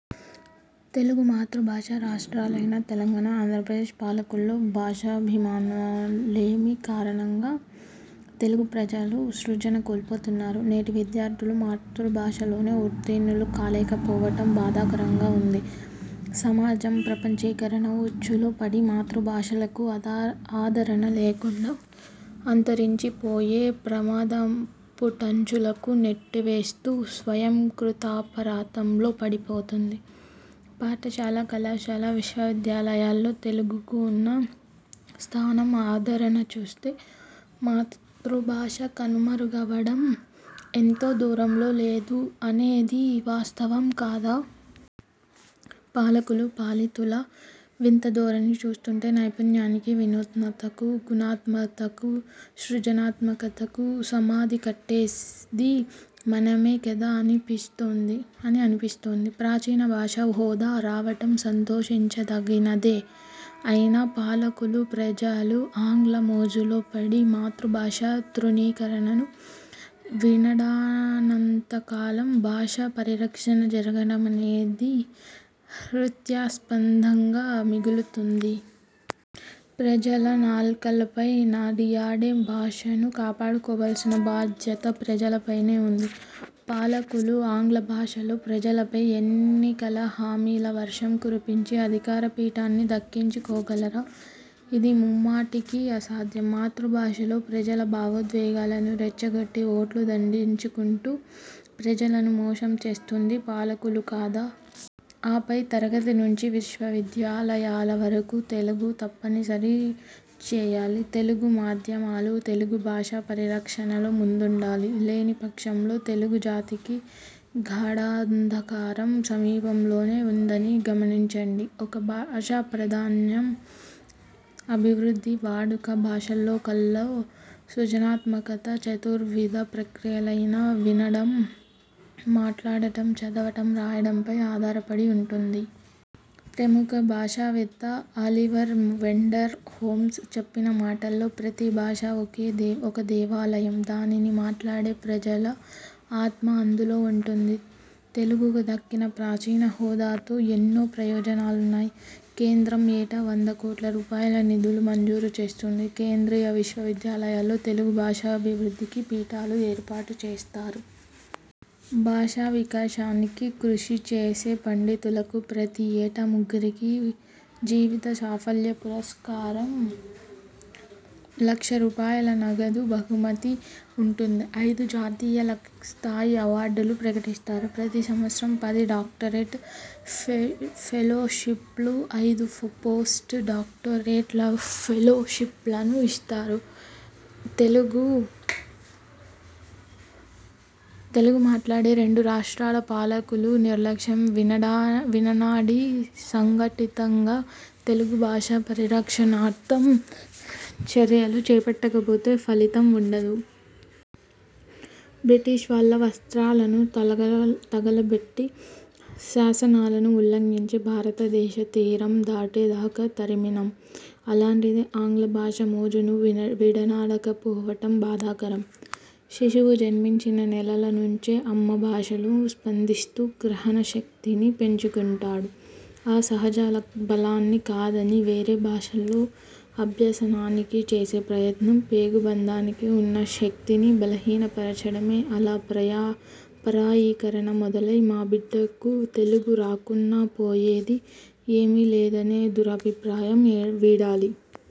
తెలుగు మాతృభాషా రాష్ర్టాలైన తెలంగాణ, ఆంధ్రప్రదేశ్ పాలకుల్లో భాషాభిమానలేమి కారణంగా తెలుగు ప్రజలు సృజన కోల్పోతున్నారు. నేటి విద్యార్థులు మాతృభాషలోనే ఉత్తీర్ణులు కాలేకపోవడం బాధాకరంగా ఉంది. సమాజం ప్రపంచీకరణ ఉచ్చులో పడి మాతృభాషలకు ఆదరణ లేకుండా అంతరించిపోయే ప్రమాదపుటంచులకు నెట్టివేస్తూ స్వయంకృతాపరాథంలో పడిపోతోంది. పాఠశాల, కళాశాల, విశ్వవిద్యాలయాల్లో తెలుగుకు ఉన్న స్థానం, ఆదరణ చూస్తే, మాతృభాష కనుమరుగవడం ఎంతో దూరంలో లేదు అనేది వాస్తవం కాదా! పాలకులు, పాలితుల, వింత ధోరణి చూస్తుంటే నైపుణ్యానికి, వినూత్నతకు, గుణాత్మకతకు, సృజనాత్మకతకు సమాధి కట్టేది మనమే కదా అని అనిపిస్తుంది. ప్రాచీన భాష హోదా రావడం సంతోషించదగినదే. అయినా పాలకులు, ప్రజలు ఆంగ్ల మోజులో పడి మాతృభాష తృణీకరణను వినాడానంత కాలం భాషా పరిరక్షణ జరగడమనేది హృస్యాస్పదంగా మిగులుతుంది. ప్రజల నాల్కలపై నడయాడే భాషను కాపాడుకోవాల్సిన బాధ్యత ప్రజలపైనే ఉంది. పాలకులు ఆంగ్ల భాషలో ప్రజలపై ఎన్నికల హామీల వర్షం కురిపించి అధికార పీఠాన్ని దక్కించుకోగలరా! ఇది ముమ్మాటికీ అసాధ్యం. మాతృభాషలో ప్రజల భావోద్వేగాలను రెచ్చగొట్టి ఓట్లు దండించుకుంటూ ప్రజలను మోసం చేస్తుంది పాలకులు కాదా! ఆపై తరగతి నుంచి విశ్వవిద్యాలయాల వరకు తెలుగును తప్పనిసరి చేయాలి. తెలుగు మాధ్యమాలు తెలుగు భాష పరిరక్షణలో ముందుండాలి. లేని పక్షంలో తెలుగు జాతికి గాడాంధకారం సమీపంలోనే ఉందని గమనించండి. ఒక భాష ప్రాధాన్యం, అభివృద్ధి, వాడుక, భాష కళల్లో సృజనాత్మకత చతుర్విద ప్రక్రియలైన వినడం, మాట్లాడడం, చదవడం, రాయడంపై ఆధారపడి ఉంటుంది. ప్రముఖ భాషావేత్త 'అలివర్ వెండర్ హోమ్స్' చెప్పిన మాటల్లో ప్రతీ భాష ఒక దేవాలయం, దానిని మాట్లాడే ప్రజల ఆత్మ అందులో ఉంటుంది. తెలుగుకు దక్కిన ప్రాచీన హోదాతో ఎన్నో ప్రయోజనాలున్నాయి. కేంద్రం ఏటా వందల కోట్ల రూపాయల నిధులు మంజూరు చేస్తుంది. కేంద్రీయ విశ్వవిద్యాలయాల్లో తెలుగు భాషాభివృద్ధికి పీఠాలు ఏర్పాటు చేస్తారు. భాషా వికాసానికి కృషి చేసే పండితులకు ప్రతి ఏటా ముగ్గురికి జీవిత సాఫల్య పురస్కారం, లక్ష రూపాయల నగదు బహుమతి ఉంటుంది. ఐదు జాతీయ స్థాయి అవార్డులు ప్రకటిస్తారు. ప్రతి సంవత్సరం పది డాక్టరేట్ ఫెలోషిప్లు, ఐదు పోస్ట్ డాక్టోరల్ ఫెలోషిప్లను ఇస్తారు. తెలుగు మాట్లాడే రెండు రాష్ర్టాల పాలకులు నిర్లక్ష్యం విడనాడి సంఘటితంగా తెలుగు భాష పరిరక్షణార్థం చర్యలు చేపట్టకపోతే ఫలితం ఉండదు. బ్రిటిష్ వాళ్ళ వస్ర్తాలను తగలబెట్టి, శాసనాలను ఉల్లంఘించి, భారతదేశ తీరం దాటే దాకా తరిమినాం. అలాంటిది ఆంగ్ల భాష మోజును విడనాడకపోవడం బాధాకరం. శిశువు జన్మించిన నెలల నుంచే అమ్మభాషలో స్పందిస్తూ గ్రహణశక్తిని పెంచుకుంటాడు. ఆ సహజ బలాన్ని కాదని వేరే భాషల్లో అభ్యసనానికి చేసే ప్రయత్నం పేగుబంధానికి ఉన్న శక్తిని బలహీనపరచడమే అలా పరాయీకరణ మొదలై మా బిడ్డకు తెలుగు రాకున్నా పోయేది ఏమీలేదనే దురభిప్రాయం వీడాలి.